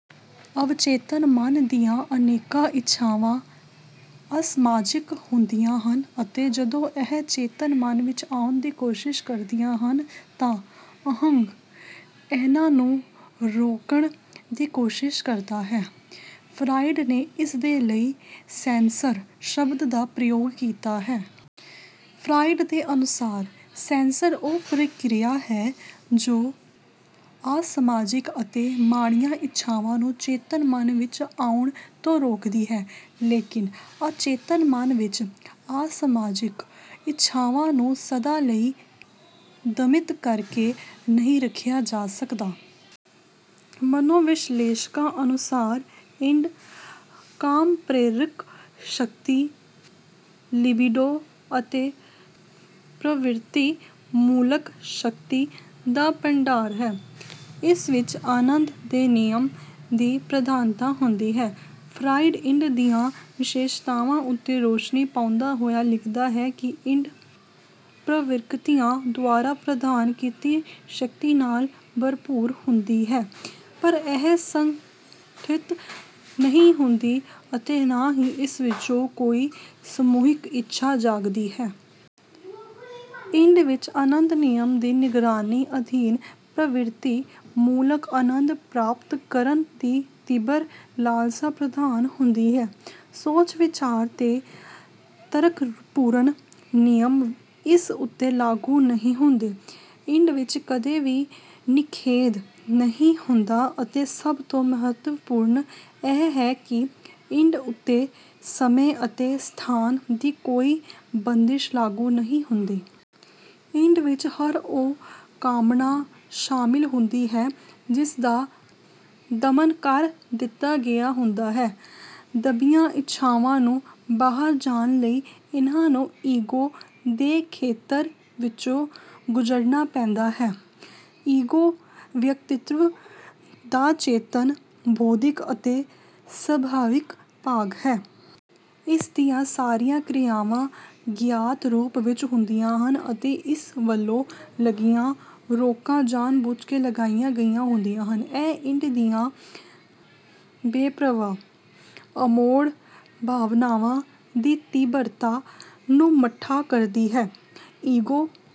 ਅਵਚੇਤਨ ਮਨ ਦੀਆਂ ਅਨੇਕਾਂ ਇੱਛਾਵਾਂ ਅਸਮਾਜਿਕ ਹੁੰਦੀਆਂ ਹਨ ਅਤੇ ਜਦੋਂ ਇਹ ਚੇਤਨ ਮਨ ਵਿੱਚ ਆਉਣ ਦੀ ਕੋਸ਼ਿਸ਼ ਕਰਦੀਆਂ ਹਨ ਤਾਂ 'ਅਹੰ' ਇਨ੍ਹਾਂ ਨੂੰ ਰੋਕਣ ਦੀ ਕੋਸ਼ਿਸ਼ ਕਰਦਾ ਹੈ। ਫਰਾਇਡ ਨੇ ਇਸਦੇ ਲਈ 'ਸੈਂਸਰ' ਸ਼ਬਦ ਦਾ ਪ੍ਰਯੋਗ ਕੀਤਾ ਹੈ। ਫਰਾਇਡ ਦੇ ਅਨੁਸਾਰ, "ਸੈਂਸਰ ਉਹ ਪ੍ਰਕਿਰਿਆ ਹੈ ਜੋ ਅਸਮਾਜਿਕ ਅਤੇ ਮਾੜੀਆਂ ਇੱਛਾਵਾਂ ਨੂੰ ਚੇਤਨ ਮਨ ਵਿੱਚ ਆਉਣ ਤੋਂ ਰੋਕਦੀ ਹੈ।" ਲੇਕਿਨ ਅਚੇਤਨ ਮਨ ਵਿੱਚ ਅਸਮਾਜਿਕ ਇੱਛਾਵਾਂ ਨੂੰ ਸਦਾ ਲਈ ਦਮਿਤ ਕਰਕੇ ਨਹੀਂ ਰੱਖਿਆ ਜਾ ਸਕਦਾ। ਮਨੋਵਿਸ਼ਲੇਸ਼ਕਾਂ ਅਨੁਸਾਰ 'ਇਡ' ਕਾਮ-ਪ੍ਰੇਰਕ ਸ਼ਕਤੀ 'ਲਿਬਿਡੋ' ਅਤੇ ਪ੍ਰਵਿਰਤੀ-ਮੂਲਕ ਸ਼ਕਤੀ ਦਾ ਭੰਡਾਰ ਹੈ। ਇਸ ਵਿੱਚ ਆਨੰਦ ਦੇ ਨਿਯਮ ਦੀ ਪ੍ਰਧਾਨਤਾ ਹੁੰਦੀ ਹੈ। ਫਰਾਇਡ 'ਇਡ' ਦੀਆਂ ਵਿਸ਼ੇਸ਼ਤਾਵਾਂ ਉੱਤੇ ਰੋਸ਼ਨੀ ਪਾਉਂਦਾ ਹੋਇਆ ਲਿਖਦਾ ਹੈ ਕਿ 'ਇਡ' ਪ੍ਰਵਿਰਤੀਆਂ ਦੁਆਰਾ ਪ੍ਰਦਾਨ ਕੀਤੀ ਸ਼ਕਤੀ ਨਾਲ ਭਰਪੂਰ ਹੁੰਦੀ ਹੈ ਪਰ ਇਹ ਸੰਗਠਿਤ ਨਹੀਂ ਹੁੰਦੀ ਅਤੇ ਨਾ ਹੀ ਇਸ ਵਿੱਚੋਂ ਕੋਈ ਸਮੂਹਿਕ ਇੱਛਾ ਜਾਗਦੀ ਹੈ। 'ਇਡ' ਵਿੱਚ ਆਨੰਦ-ਨਿਯਮ ਦੀ ਨਿਗਰਾਨੀ ਅਧੀਨ ਪ੍ਰਵਿਰਤੀ-ਮੂਲਕ ਆਨੰਦ ਪ੍ਰਾਪਤ ਕਰਨ ਦੀ ਤੀਬਰ ਲਾਲਸਾ ਪ੍ਰਧਾਨ ਹੁੰਦੀ ਹੈ। ਸੋਚ-ਵਿਚਾਰ ਦੇ ਤਰਕਪੂਰਨ ਨਿਯਮ ਇਸ ਉੱਤੇ ਲਾਗੂ ਨਹੀਂ ਹੁੰਦੇ। 'ਇਡ' ਵਿੱਚ ਕਦੇ ਵੀ ਨਿਖੇਧ ਨਹੀਂ ਹੁੰਦਾ ਅਤੇ ਸਭ ਤੋਂ ਮਹੱਤਵਪੂਰਨ ਇਹ ਹੈ ਕਿ 'ਇਡ' ਉੱਤੇ ਸਮੇਂ ਅਤੇ ਸਥਾਨ ਦੀ ਕੋਈ ਬੰਦਿਸ਼ ਲਾਗੂ ਨਹੀਂ ਹੁੰਦੀ। 'ਇਡ' ਵਿੱਚ ਹਰ ਉਹ ਕਾਮਨਾ ਸ਼ਾਮਿਲ ਹੁੰਦੀ ਹੈ ਜਿਸਦਾ ਦਮਨ ਕਰ ਦਿੱਤਾ ਗਿਆ ਹੁੰਦਾ ਹੈ। ਦੱਬੀਆਂ ਇੱਛਾਵਾਂ ਨੂੰ ਬਾਹਰ ਜਾਣ ਲਈ ਇਨ੍ਹਾਂ ਨੂੰ 'ਈਗੋ' ਦੇ ਖੇਤਰ ਵਿੱਚੋਂ ਗੁਜ਼ਰਨਾ ਪੈਂਦਾ ਹੈ। 'ਈਗੋ' ਵਿਅਕਤਿਤ੍ਵ ਦਾ ਚੇਤਨ, ਬੌਧਿਕ ਅਤੇ ਸੱਭਿਅਕ ਭਾਗ ਹੈ। ਇਸ ਦੀਆਂ ਸਾਰੀਆਂ ਕ੍ਰਿਆਵਾਂ ਗਿਆਤ ਰੂਪ ਵਿੱਚ ਹੁੰਦੀਆਂ ਹਨ ਅਤੇ ਇਸ ਵੱਲੋਂ ਲਗੀਆਂ ਰੋਕਾਂ ਜਾਣ-ਬੁੱਝ ਕੇ ਲਗਾਈਆਂ ਗਈਆਂ ਹੁੰਦੀਆਂ ਹਨ। ਇਹ 'ਇਡ' ਦੀਆਂ ਬੇਪ੍ਰਵਾਹ, ਅਮੋੜ ਭਾਵਨਾਵਾਂ ਦੀ ਤੀਬਰਤਾ ਨੂੰ ਮੱਠਾ ਕਰਦੀ ਹੈ। 'ਈਗੋ',